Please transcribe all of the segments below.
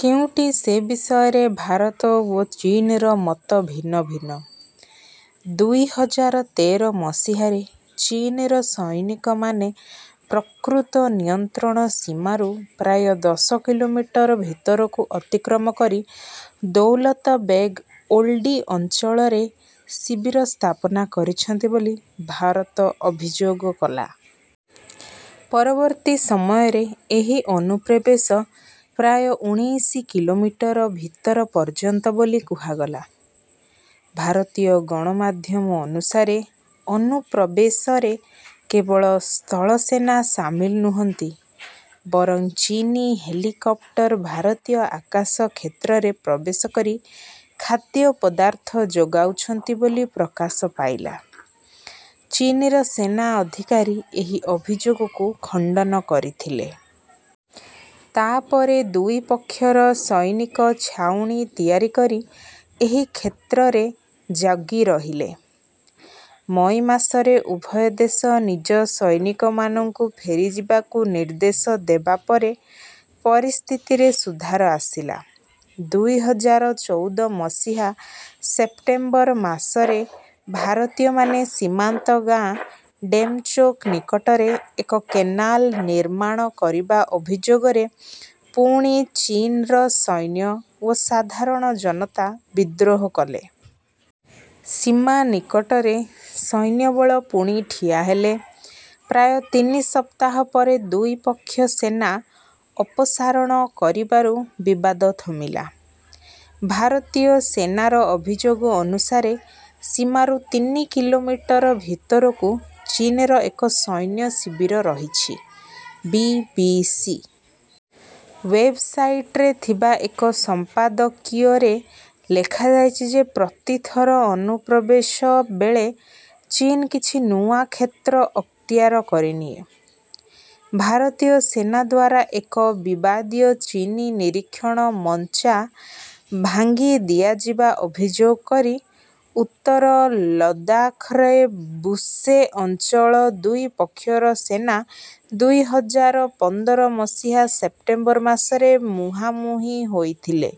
କେଉଁଟି ସେ ବିଷୟରେ ଭାରତ ଓ ଚୀନ୍‌ର ମତ ଭିନ୍ନ ଭିନ୍ନ। ଦୁଇ ହଜାର ତେର ମସିହାରେ ଚୀନ୍‌ର ସୈନିକମାନେ ପ୍ରକୃତ ନିୟନ୍ତ୍ରଣ ସୀମାରୁ ପ୍ରାୟ ଦଶ କିଲୋମିଟର ଭିତରକୁ ଅତିକ୍ରମ କରି ଦୌଲତ ବେଗ୍ ଓଲ୍ଡି ଅଞ୍ଚଳରେ ଶିବିର ସ୍ଥାପନା କରିଛନ୍ତି ବୋଲି ଭାରତ ଅଭିଯୋଗ କଲା। ପରବର୍ତ୍ତୀ ସମୟରେ ଏହି ଅନୁପ୍ରବେଶ ପ୍ରାୟ ଉଣେଇଶ କିଲୋମିଟର ଭିତର ପର୍ଯ୍ୟନ୍ତ ବୋଲି କୁହାଗଲା। ଭାରତୀୟ ଗଣମାଧ୍ୟମ ଅନୁସାରେ, ଅନୁପ୍ରବେଶରେ କେବଳ ସ୍ଥଳସେନା ସାମିଲ ନୁହନ୍ତି ବରଂ ଚୀନୀ ହେଲିକପ୍ଟର ଭାରତୀୟ ଆକାଶ କ୍ଷେତ୍ରରେ ପ୍ରବେଶ କରି ଖାଦ୍ୟପଦାର୍ଥ ଯୋଗାଉଛନ୍ତି ବୋଲି ପ୍ରକାଶ ପାଇଲା। ଚୀନ୍‌ର ସେନା ଅଧିକାରୀ ଏହି ଅଭିଯୋଗକୁ ଖଣ୍ଡନ କରିଥିଲେ। ତା’ ପରେ ଦୁଇ ପକ୍ଷର ସୈନିକ ଛାଉଣୀ ତିଆରି କରି ଏହି କ୍ଷେତ୍ରରେ ଜଗି ରହିଲେ। ମଇ ମାସରେ ଉଭୟ ଦେଶ ନିଜ ସୈନିକମାନଙ୍କୁ ଫେରିଯିବାକୁ ନିର୍ଦ୍ଦେଶ ଦେବା ପରେ ପରିସ୍ଥିତିରେ ସୁଧାର ଆସିଲା। ଦୁଇ ହଜାର ଚଉଦ ମସିହା ସେପ୍ଟେମ୍ବର ମାସରେ ଭାରତୀୟମାନେ ସୀମାନ୍ତ ଗାଁ ଡେମ୍‌ଚୋକ୍ ନିକଟରେ ଏକ କେନାଲ୍ ନିର୍ମାଣ କରିବା ଅଭିଯୋଗରେ ପୁଣି ଚୀନ୍‌ର ସୈନ୍ୟ ଓ ସାଧାରଣ ଜନତା ବିଦ୍ରୋହ କଲେ। ସୀମା ନିକଟରେ ସୈନ୍ୟବଳ ପୁଣି ଠିଆ ହେଲେ। ପ୍ରାୟ ତିନି ସପ୍ତାହ ପରେ ଦୁଇ ପକ୍ଷ ସେନା ଅପସାରଣ କରିବାରୁ ବିବାଦ ଥମିଲା। ଭାରତୀୟ ସେନାର ଅଭିଯୋଗ ଅନୁସାରେ ସୀମାରୁ ତିନି କିଲୋମିଟର ଭିତରକୁ ଚୀନ୍‌ର ଏକ ସୈନ୍ୟ ଶିବିର ରହିଛି। ବି ବି ସି ୱେବ୍‌ସାଇଟରେ ଥିବା ଏକ ସମ୍ପାଦକୀୟରେ ଲେଖାଯାଇଛି ଯେ ପ୍ରତି ଥର ଅନୁପ୍ରବେଶ ବେଳେ ଚୀନ୍ କିଛି ନୂଆ କ୍ଷେତ୍ର ଅକ୍ତିଆର କରିନିଏ। ଭାରତୀୟ ସେନା ଦ୍ୱାରା ଏକ ବିବାଦୀୟ ଚୀନୀ ନିରୀକ୍ଷଣ ମଞ୍ଚା ଭାଙ୍ଗିଦିଆଯିବା ଅଭିଯୋଗ କରି ଉତ୍ତର ଲଦାଖ୍‌ର ବୁର୍ସ୍ତେ ଅଞ୍ଚଳରେ ଦୁଇ ପକ୍ଷର ସେନା ଦୁଇ ହଜାର ପନ୍ଦର ମସିହା ସେପ୍ଟେମ୍ବର ମାସରେ ମୁହାଁମୁହିଁ ହୋଇଥିଲେ।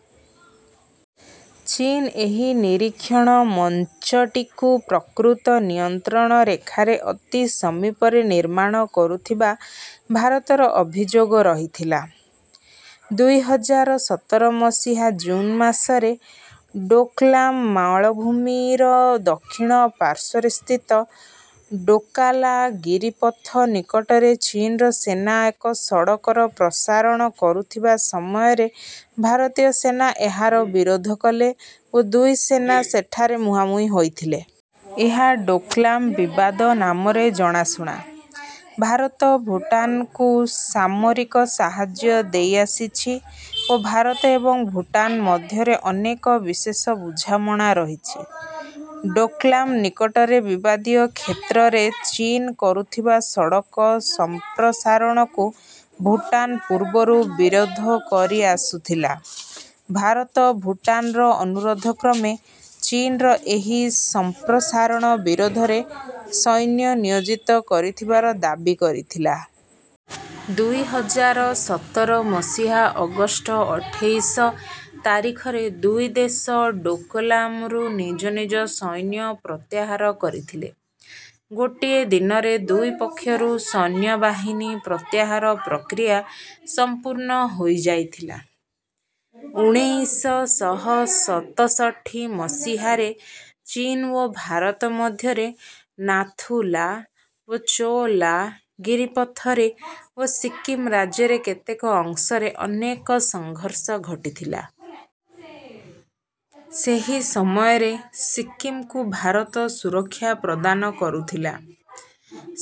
ଚୀନ୍ ଏହି ନିରୀକ୍ଷଣ ମଞ୍ଚଟିକୁ ପ୍ରକୃତ ନିୟନ୍ତ୍ରଣ ରେଖାର ଅତି ସମୀପରେ ନିର୍ମାଣ କରୁଥିବା ଭାରତର ଅଭିଯୋଗ ରହିଥିଲା। ଦୁଇ ହଜାର ସତର ମସିହା ଜୁନ୍ ମାସରେ ଡୋକଲାମ୍ ମାଳଭୂମିର ଦକ୍ଷିଣ ପାର୍ଶ୍ୱରେ ସ୍ଥିତ ଡୋକା ଲା ଗିରିପଥ ନିକଟରେ ଚୀନ୍‌ର ସେନା ଏକ ସଡ଼କର ପ୍ରସାରଣ କରୁଥିବା ସମୟରେ ଭାରତୀୟ ସେନା ଏହାର ବିରୋଧ କଲେ ଓ ଦୁଇ ସେନା ସେଠାରେ ମୁହାଁମୁହିଁ ହୋଇଥିଲେ। ଏହା ଡୋକଲାମ୍ ବିବାଦ ନାମରେ ଜଣାଶୁଣା। ଭାରତ ଭୁଟାନ୍‌କୁ ସାମରିକ ସାହାଯ୍ୟ ଦେଇଆସିଛି ଓ ଭାରତ ଏବଂ ଭୁଟାନ୍ ମଧ୍ୟରେ ଅନେକ “ବିଶେଷ ବୁଝାମଣା” ରହିଛି। ଡୋକଲାମ୍ ନିକଟରେ ବିବାଦୀୟ କ୍ଷେତ୍ରରେ ଚୀନ୍ କରୁଥିବା ସଡ଼କ ସମ୍ପ୍ରସାରଣକୁ ଭୁଟାନ୍ ପୂର୍ବରୁ ବିରୋଧ କରିଆସୁଥିଲା। ଭାରତ ଭୁଟାନ୍‌ର ଅନୁରୋଧ କ୍ରମେ ଚୀନ୍‌ର ଏହି ସମ୍ପ୍ରସାରଣ ବିରୋଧରେ ସୈନ୍ୟ ନିୟୋଜିତ କରିଥିବାର ଦାବି କରିଥିଲା। ଦୁଇ ହଜାର ସତର ମସିହା ଅଗଷ୍ଟ ଅଠେଇଶ ତାରିଖରେ ଦୁଇ ଦେଶ ଡୋକଲାମ୍‌ରୁ ନିଜ ନିଜ ସୈନ୍ୟ ପ୍ରତ୍ୟାହାର କରିଥିଲେ। ଗୋଟିଏ ଦିନରେ ଦୁଇ ପକ୍ଷରୁ ସୈନ୍ୟବାହିନୀ ପ୍ରତ୍ୟାହାର ପ୍ରକ୍ରିୟା ସମ୍ପୂର୍ଣ୍ଣ ହୋଇଯାଇଥିଲା। ଉଣେଇଶ ଶହ ସତଷଠି ମସିହାରେ ଚୀନ୍ ଓ ଭାରତ ମଧ୍ୟରେ ନାଥୁ-ଲା ଓ ଚୋ-ଲା ଗିରିପଥରେ ଓ ସିକ୍କିମ୍ ରାଜ୍ୟର କେତେକ ଅଂଶରେ ଅନେକ ସଂଘର୍ଷ ଘଟିଥିଲା। ସେହି ସମୟରେ ସିକ୍କିମ୍‌କୁ ଭାରତ ସୁରକ୍ଷା ପ୍ରଦାନ କରୁଥିଲା।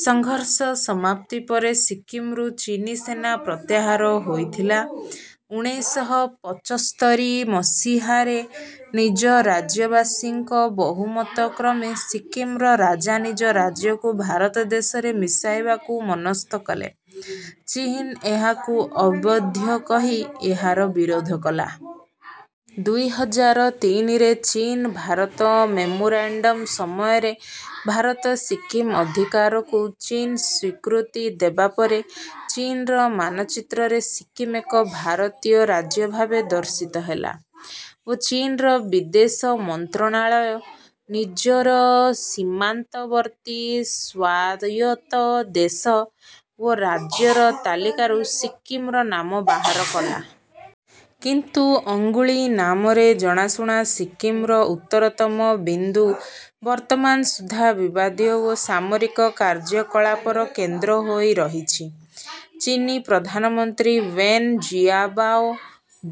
ସଂଘର୍ଷ ସମାପ୍ତି ପରେ ସିକ୍କିମ୍‌ରୁ ଚୀନୀ ସେନା ପ୍ରତ୍ୟାହାର ହୋଇଥିଲା। ଉଣେଇଶ ଶହ ପଚସ୍ତରୀ ମସିହାରେ ନିଜ ରାଜ୍ୟବାସୀଙ୍କ ବହୁମତ କ୍ରମେ ସିକ୍କିମ୍‌ର ରାଜା ନିଜ ରାଜ୍ୟକୁ ଭାରତ ଦେଶରେ ମିଶାଇବାକୁ ମନସ୍ଥ କଲେ। ଚୀନ୍ ଏହାକୁ ଅବୈଧ କହି ଏହାର ବିରୋଧ କଲା। ଦୁଇ ହଜାର ତିନିରେ ଚୀନ୍ ଭାରତ ମେମୋରାଣ୍ଡମ୍ ସମୟରେ ଭାରତର ସିକ୍କିମ୍ ଅଧିକାରକୁ ଚୀନ୍ ସ୍ୱୀକୃତି ଦେବା ପରେ ଚୀନ୍‌ର ମାନଚିତ୍ରରେ ସିକ୍କିମ୍ ଏକ ଭାରତୀୟ ରାଜ୍ୟ ଭାବେ ଦର୍ଶିତ ହେଲା ଓ ଚୀନ୍‌ର ବିଦେଶ ମନ୍ତ୍ରଣାଳୟ ନିଜର ସୀମାନ୍ତବର୍ତ୍ତୀ ସ୍ୱାୟତ୍ତ ଦେଶ ଓ ରାଜ୍ୟର ତାଲିକାରୁ ସିକ୍କିମ୍‌ର ନାମ ବାହାର କଲା। କିନ୍ତୁ ଅଙ୍ଗୁଳି ନାମରେ ଜଣାଶୁଣା ସିକ୍କିମ୍‌ର ଉତ୍ତରତମ ବିନ୍ଦୁ ବର୍ତ୍ତମାନ ସୁଦ୍ଧା ବିବାଦୀୟ ଓ ସାମରିକ କାର୍ଯ୍ୟକଳାପର କେନ୍ଦ୍ର ହୋଇ ରହିଛି। ଚୀନୀ ପ୍ରଧାନମନ୍ତ୍ରୀ ୱେନ୍ ଜିଆବାଓ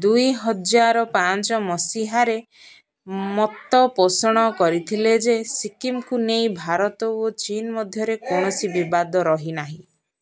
ଦୁଇ ହଜାର ପାଞ୍ଚ ମସିହାରେ ମତ ପୋଷଣ କରିଥିଲେ ଯେ ସିକ୍କିମ୍‌କୁ ନେଇ ଭାରତ ଓ ଚୀନ୍ ମଧ୍ୟରେ କୌଣସି ବିବାଦ ରହିନାହିଁ।